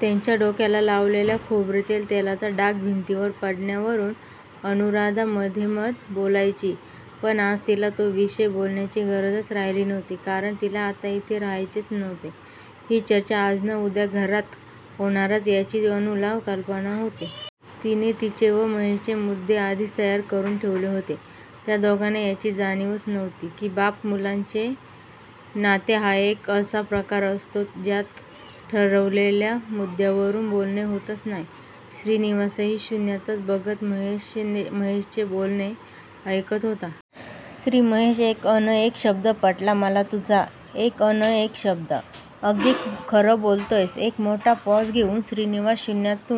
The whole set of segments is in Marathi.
त्याच्या डोक्याला लावलेल्या खोबरेल तेलाचे डाग भिंतीवर पडण्यावरून अनुराधा मधेमधे बोलायची! पण आज तिला तो विषय बोलण्याची गरजच राहिलेली नव्हती! कारण तिला आता इथे राहायचेच नव्हते. ही चर्चा आज ना उद्या घरात होणारच याची अनुला कल्पना होती. तिने तिचे व महेशचे मुद्दे आधीच तयार करून ठेवले होते. त्या दोघांना याची जाणीवच नव्हती, की बाप मुलाचे नाते हा एक असा प्रकार असतो. ज्यात ठरवलेल्या मुद्यांवरून बोलणे होतच नाही. श्रीनिवासही शुन्यातच बघत महेशचे बोलणे ऐकत होता. श्री महेश एक अन एक शब्द पटला मला तुझा एक अन एक शब्द! अगदी खरं बोलतोयस. एक मोठा पॉझ घेऊन श्रीनिवास शुन्यात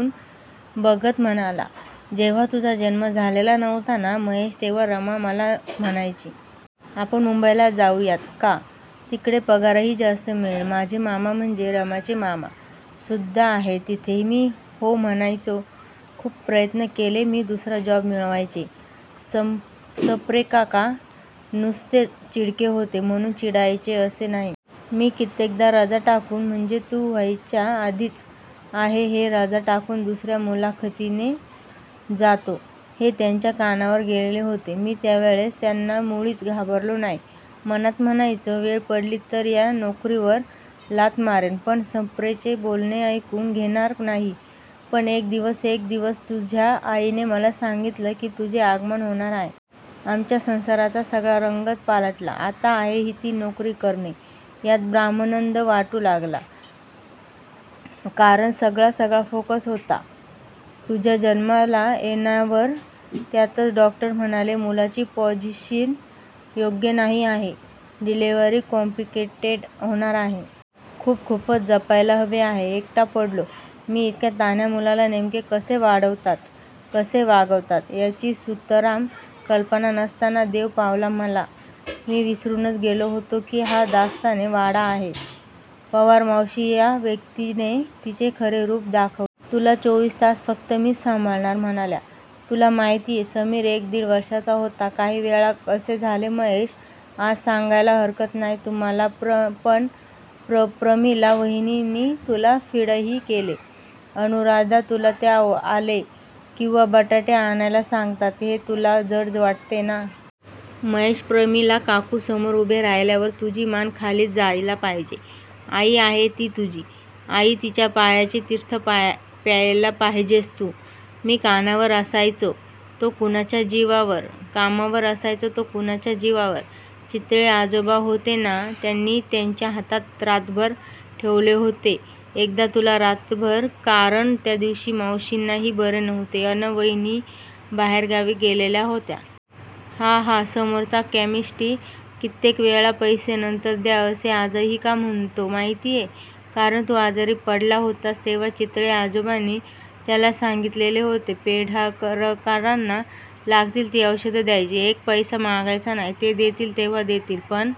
बघत म्हणाला. जेव्हा तुझा जन्म झालेला नव्हता ना महेश तेव्हा रमा मला म्हणायची. आपण मुंबईला जाऊयात का? तिकडे पगारही जास्त मिळेल. माझे मामा, म्हणजे रमाचे मामा, सुद्धा आहेत तिथे मी हो म्हणायचो. खूप प्रयत्न केले मी दुसरा जॉब मिळवायचे. सप्रेकाका नुसतेच चिडके होते म्हणून चिडायचे असे नाही. मी कित्येकदा रजा टाकून म्हणजे तू व्हायच्या आधीचं आहे हे रजा टाकून दुसर्या मुलाखतींना जातो हे त्यांच्या कानावर गेलेले होते. मी त्यावेळेस त्यांना मुळीच घाबरायचो नाही. मनात म्हणायचो. वेळ पडली तर या नोकरीवर लाथ मारेन, पण सप्रेंचे बोलणे ऐकून घेणार नाही पण एक दिवस एक दिवस तुझ्या आईने मला सांगीतले, की तुझे आगमन होणार आहे. आमच्या संसाराचा सगळा रंगच पालटला. आता आहे ती नोकरी करणे यात ब्रह्मानंद वाटू लागला. कारण सगळा सगळा फोकस होता तुझ्या जन्माला येण्यावर त्यातच डॉक्टर म्हणाले. मूलाची पोझिशन योग्य नाही आहे... डिलीव्हरी कॉम्प्लिकेटेड होणार आहे. खूप खूपच जपायला हवे आहे. एकटा पडलो मी इतक्या तान्ह्या मुलाला नेमके कसे वाढवतात, कसे वागवतात याची सुतराम कल्पना नसताना देव पावला मला मी विसरूनच गेलो होतो की हा दास्ताने वाडा आहे. पवार मावशी या व्यक्तीने तिचे खरे रूप दाखवले. तुला चोवीस तास फक्त मीच सांभाळणार म्हणाल्या. तुला माहितीय? समीर एक दिड वर्षाचा होता. काही वेळा असे झाले महेश आज सांगायला हरकत नाही तुम्हाला पण प्र प्रमिला वहिनींनी तुला फीडही केले. अनुराधा तुला त्या आले किंवा बटाटे आणायला सांगतात हे तुला जड वाटते ना?? महेश प्रमिला काकू समोर उभे राहिल्यावर तुझी मान खालीच जायला पाहिजे. आई आहे ती तुझी आई तिच्या पायांचे तीर्थ प्यायला पाहिजेस तू मी कामावर असायचो तो कुणाच्या जीवावर? चितळे आजोबा होते ना? त्यांनी त्यांच्या हातात रात्रभर ठेवले होते एकदा तुला रात्रभर कारण त्या दिवशी मावशींनाही बरे नव्हते अन वहिनी बाहेरगावी गेलेल्या होत्या. हा हा समोरचा केमिस्ट कित्येकवेळा पैसे नंतर द्या असे आजही का म्हणतो माहितीय? कारण तू आजारी पडला होतास तेव्हा चितळे आजोबांनी त्याला सांगीतलेले होते. पेंढारकरांना लागतील ती औषधे द्यायची. एक पैसा मागायचा नाही. ते देतील तेव्हा देतील, पण